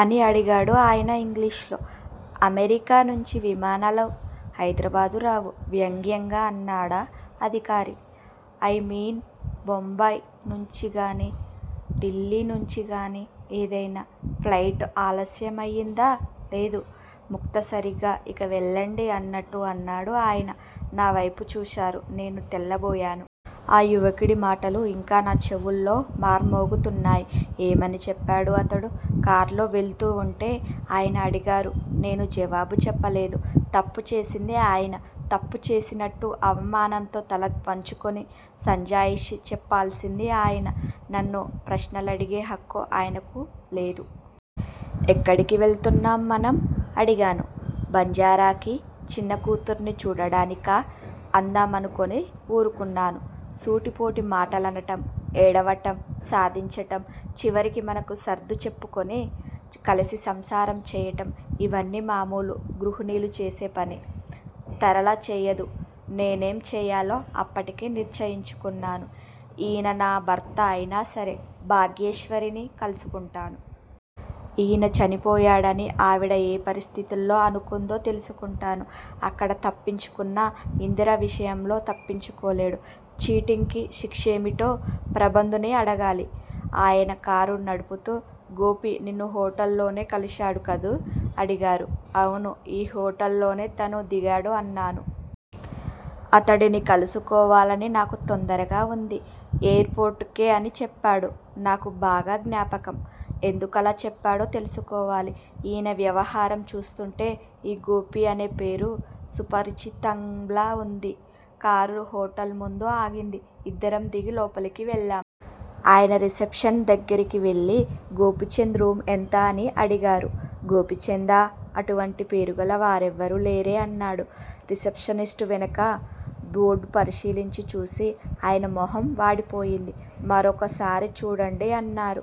అని అడిగారు ఆయన ఇంగ్లీషులో. అమెరికా నుంచి విమానాలు హైద్రాబాద్ రావు వ్యంగ్యంగా అన్నాడా అధికారి. ఐ మీన్- బొంబాయి నుంచిగానీ, ఢిల్లీ నుంచి గానీ ఏదైనా ఫ్లయిటు ఆలస్యమయిందా? లేదు. ముక్తసరిగా, ఇక వెళ్ళండి- అన్నట్టు అన్నాడు. ఆయన నావైపు చూశారు. నేను తెల్లబోయాను. ఆ యువకుడి మాటలు ఇంకా నా చెవుల్లో మార్మోగుతున్నాయి. ఏమని చెప్పాడు అతడు? కార్లో వెళ్తూవుంటే ఆయన అడిగారు. నేను జవాబు చెప్పలేదు- తప్పు చేసింది ఆయన. తప్పు చేసినట్టు అవమానంతో తల వంచుకొని సంజాయిషీ చెప్పాల్సింది ఆయన! నన్ను ప్రశ్నలడిగే హక్కు ఆయనకు లేదు. ఎక్కడికి వెళుతున్నాం మనం? అడిగాను. బంజారాకి- చిన్నకూతుర్ని చూడటానికా అందామనుకుని వూరుకున్నాను. సూటిపోటి మాటలనడం, ఏడవటం, సాధించటం చివరికి మనసుకు సర్దిచెప్పుకుని కలసి సంసారం చేయటం, ఇవన్నీ మామూలు గృహిణులు చేసేపని. తరళ చేయదు. నేనేం చెయ్యాలో అప్పటికే నిశ్చయించుకున్నాను. ఈయన నా భర్త అయినాసరే, భాగ్యేశ్వరిని కలుసుకుంటాను. ఈయన చనిపోయాడని ఆవిడ ఏ పరిస్థితుల్లో అనుకుందో తెలుసుకుంటాను. అక్కడ తప్పించుకున్నా- ఇందిర విషయంలో తప్పించుకోలేడు. చీటింగ్ కి శిక్షేమిటో ప్రబంధ్ ని అగడాలి. ఆయన కారు నడుపుతూ- గోపీ నిన్ను హోటల్ లోనే కలిశాడు కదూ- అడిగారు. అవును ఈ హోటల్ లోనే తనూ దిగాడు అన్నాను. అతడిని కలుసుకోవాలని నాకూ తొందరగా వుంది. ఎయిర్ పోర్ట్ కే అని చెప్పాడు. నాకు బాగా జ్ఞాపకం. ఎందుకలా చెప్పాడో తెలుసుకోవాలి. ఈయన వ్యవహారం చూస్తూంటే ఈ గోపి అనే పేరు సుపరిచితంలా వుంది. కారు హోటల్ ముందు ఆగింది. ఇద్దరం దిగి లోపలికి వెళ్ళాం. ఆయన రిసెప్షన్ దగ్గిరకి వెళ్ళి గోపిచంద్ రూమ్ ఎంత? అని అడిగారు. గోపీచందా? అటువంటి పేరుగల వారెవరూ లేరే అన్నాడు రిసెప్షనిస్టు, వెనుక బోర్డు పరిశీలించి చూసి ఆయన మొహం వాడిపోయింది. మరొకసారి చూడండి అన్నారు.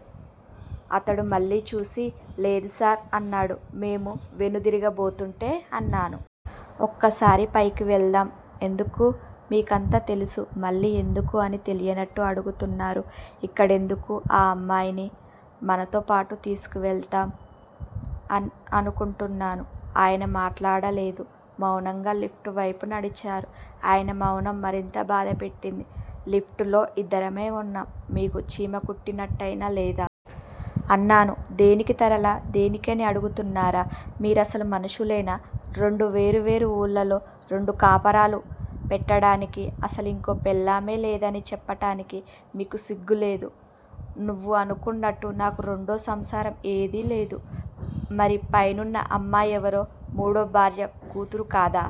అతడు మళ్ళీ చూసి, లేదు సర్ అన్నాడు. మేము వెనుదిరగబోతుంటే అన్నాను. ఒక్కసారి పైకి వెళ్దాం ఎందుకు? మీకంతా తెలుసు మళ్ళీ 'ఎందుకు' అని తెలియనట్టు అడుగుతున్నారు! ఇక్కడెందుకు ఆ అమ్మాయిని? మనతోపాటు తీసుకువెళ్దాం అనుకుంటున్నాను. ఆయన మాట్లాడలేదు. మౌనంగా లిఫ్ట్ వైపు నడిచారు. ఆయన మౌనం మరింత బాధపెట్టింది. లిఫ్ట్ లో ఇద్దరమే వున్నాం. మీకు చీమకుట్టినట్టయినా లేదా? అన్నాను. దేనికి తరళా? దేనికి అని అడుగుతున్నారా? మీరసలు మనుషులేనా? రెండు వేరు వేరు వూళ్ళలో రెండు కాపరాలు పెట్టటానికి, అసలింకో పెళ్ళామే లేదని చెప్పటానికి మీకు సిగ్గులేదూ- నువ్వు అనుకున్నట్టు నాకు రెండో సంసారం ఏదీ లేదు. మరి పైనున్న అమ్మాయెవరో? మూడో భార్య కూతురుకాదా?